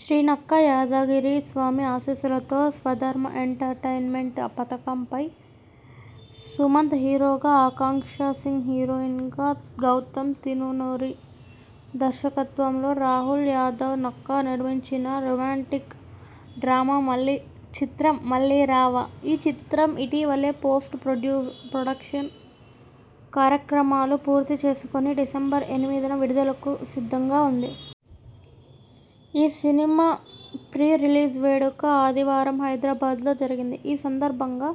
శ్రీ నక్క యాదగిరి స్వామి ఆశీస్సులతో స్వధర్మ్ ఎంటర్టైన్మెంట్ పతాకంపై సుమంత్ హీరోగా, ఆకాంక్ష సింగ్ హీరోయిన్గా, గౌతమ్ తిన్ననూరి దర్శకత్వంలో రాహుల్ యాదవ్ నక్క నిర్మించిన రొమాంటిక్ డ్రామా మళ్లీ చిత్రం 'మళ్లీ రావా'. ఈ చిత్రం ఇటీవలే పోస్ట్ ప్రొడక్షన్ కార్యక్రమాలు పూర్తి చేసుకుని డిసెంబర్ ఎనిమిదిన విడుదలకు సిద్ధంగా ఉంది. ఈ సినిమా ప్రీ రిలీజ్ వేడుక ఆదివారం హైదరాబాద్‌లో జరిగింది. ఈ సందర్భంగా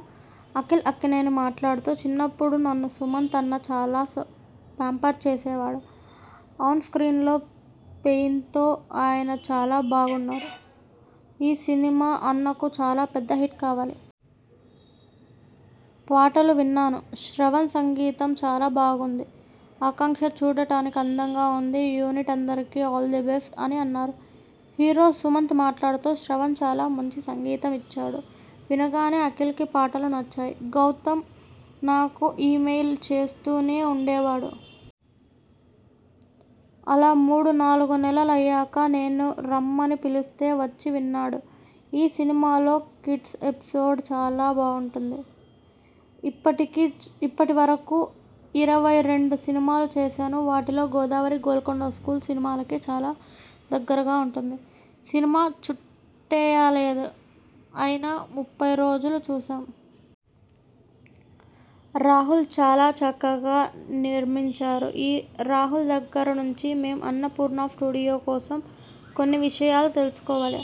అఖిల్ అక్కినేని మాట్లాడుతూ.. ''చిన్నప్పుడు నన్ను సుమంత్ అన్న చాలా పాంపర్ చేసేవారు. ఆన్ స్క్రీన్‌లో పెయిన్తో ఆయన చాలా బాగున్నారు. ఈ సినిమా అన్నకు చాలా పెద్ద హిట్ కావాలి. పాటలు విన్నాను. శ్రవణ్ సంగీతం చాలా బాగుంది. ఆకాంక్ష చూడడానికి అందంగా ఉంది. యూనిట్ అందరికీ ఆల్ ద బెస్ట్.. '' అని అన్నారు. హీరో సుమంత్ మాట్లాడుతూ ''శ్రవణ్ చాలా మంచి సంగీతం ఇచ్చాడు. వినగానే అఖిల్‌కి పాటలు నచ్చాయి. గౌతమ్ నాకు ఈమెయిల్ చేస్తూనే ఉండేవాడు. అలా మూడు నాలుగు నెలలు అయ్యాక నేను రమ్మని పిలిస్తే వచ్చి విన్నాడు. ఈ సినిమాలో కిడ్స్ ఎపిసోడ్ చాలా బావుంటుంది. ఇప్పటికి ఇప్పటి వరకు ఇరవై రెండు సినిమాలు చేశాను. వాటిలో గోదావరి, గోల్కొండ స్కూలు సినిమాలకి చాలా దగ్గరగా ఉంటుంది. సినిమా చుట్టేయలేదు. అయినా ముప్పై రోజుల్లో చేశాం. రాహుల్ చాలా చక్కగా నిర్మించారు. రాహుల్ దగ్గర నుంచి మేం అన్నపూర్ణ స్టూడియో కోసం కొన్ని విషయాలు తెలుసుకోవాలి.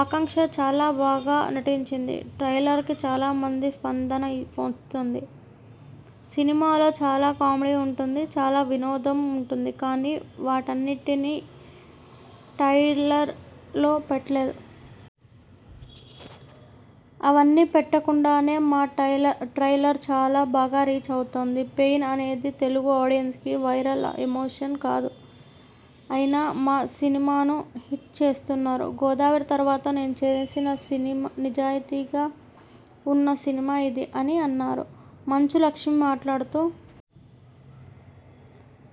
ఆకాంక్ష చాలా బాగా నటించింది. ట్రైలర్‌కి చాలా మంచి స్పందన వస్తోంది. సినిమాలో చాలా కామెడీ ఉంటుంది, చాలా వినోదం ఉంటుంది. కానీ వాటన్నిటినీ ట్రైలర్‌లో పెట్టలేదు. అవన్నీ పెట్టకుండానే మా ట్రైలర్ చాలా బాగా రీచ్ అవుతోంది. పెయిన్ అనేది తెలుగు ఆడియన్స్‌కి వైరల్ ఎమోషన్ కాదు. అయినా మా సినిమాను హిట్ చేస్తున్నారు. గోదావరి తర్వాత నేను చేసిన సినిమా నిజాయితీ ఉన్న సినిమా ఇది'' అని అన్నారు. మంచు లక్ష్మి మాట్లాడుతూ..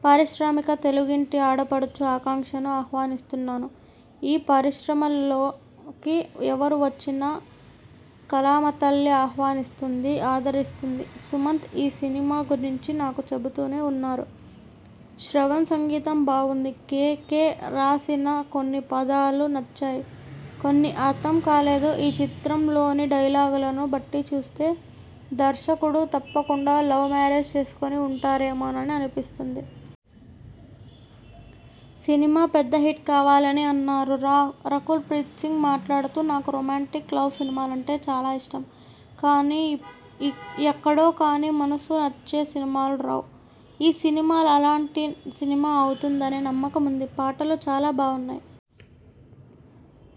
''పరిశ్రమకు తెలుగింటి ఆడపడుచు ఆకాంక్షను ఆహ్వానిస్తున్నాను. ఈ పరిశ్రమలోకి ఎవరు వచ్చినా కళామతల్లి ఆహ్వానిస్తుంది. ఆదరిస్తుంది. సుమంత్ ఈ సినిమా గురించి నాకు చెబుతూనే ఉన్నారు. శ్రవణ్ సంగీతం బావుంది. కె. కె. రాసిన కొన్ని పదాలు నచ్చాయి. కొన్ని అర్థం కాలేదు. ఈ చిత్రంలోని డైలాగులను బట్టి చూస్తే దర్శకుడు తప్పకుండా లవ్ మ్యారేజ్ చేసుకుని ఉంటారేమోనని అనిపిస్తోంది. సినిమా పెద్ద హిట్ కావాలి'' అని అన్నారు. రకుల్ ప్రీత్ సింగ్ మాట్లాడుతూ.. ''నాకు రొమాంటిక్, లవ్ సినిమాలంటే చాలా ఇష్టం. కానీ ఎక్కడో కానీ మనసుకు నచ్చే సినిమాలు రావు. ఈ సినిమా అలాంటి సినిమా అవుతుందనే నమ్మకం ఉంది. పాటలు చాలా బావున్నాయి.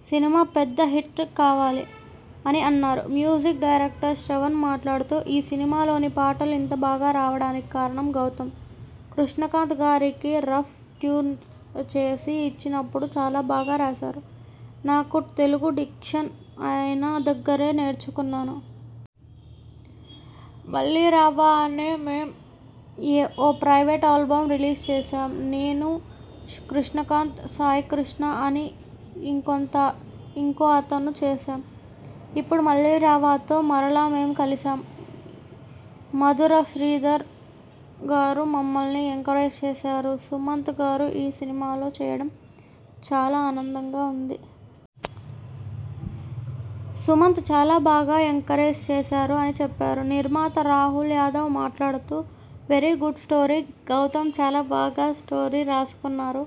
సినిమా పెద్ద హిట్ కావాలి.. '' అని అన్నారు. మ్యూజిక్ డైరెక్టర్ శ్రవణ్ మాట్లాడుతూ.. ''ఈ సినిమాలోని పాటలు ఇంత బాగా రావడానికి కారణం గౌతమ్. కృష్ణకాంత్ గారికి రఫ్ ట్యూన్స్ చేసి ఇచ్చినప్పుడు చాలా బాగా రాశారు. నాకు తెలుగు డిక్షన్ ఆయన దగ్గరే నేర్చుకున్నాను. 'మళ్లీ రావా' అని మేం ఓ ప్రైవేట్ ఆల్బమ్ రిలీజ్ చేశాం. నేను, కృష్ణకాంత్, సాయికృష్ణ, అని ఇంకొంత ఇంకో అతను చేశాం. ఇప్పుడు 'మళ్లీ రావా'తో మరలా మేం కలిశాం. మధుర శ్రీధర్ గారు మమ్మల్ని ఎంకరేజ్ చేశారు. సుమంత్ గారు ఈ సినిమాలో చేయడం చాలా ఆనందంగా ఉంది. సుమంత్ చాలా బాగా ఎంకరేజ్ చేశారు'' అని చెప్పారు. నిర్మాత రాహుల్ యాదవ్ మాట్లాడుతూ.. ''వెరీ గుడ్ స్టోరీ. గౌతమ్ చాలా బాగా స్టోరీ రాసుకున్నారు.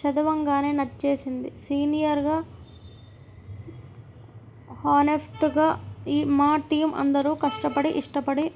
చదవగానే నచ్చేసింది. సిన్సియర్‌గా, హానెస్ట్‌గా, మా టీమ్ అందరూ కష్టపడి ఇష్టపడి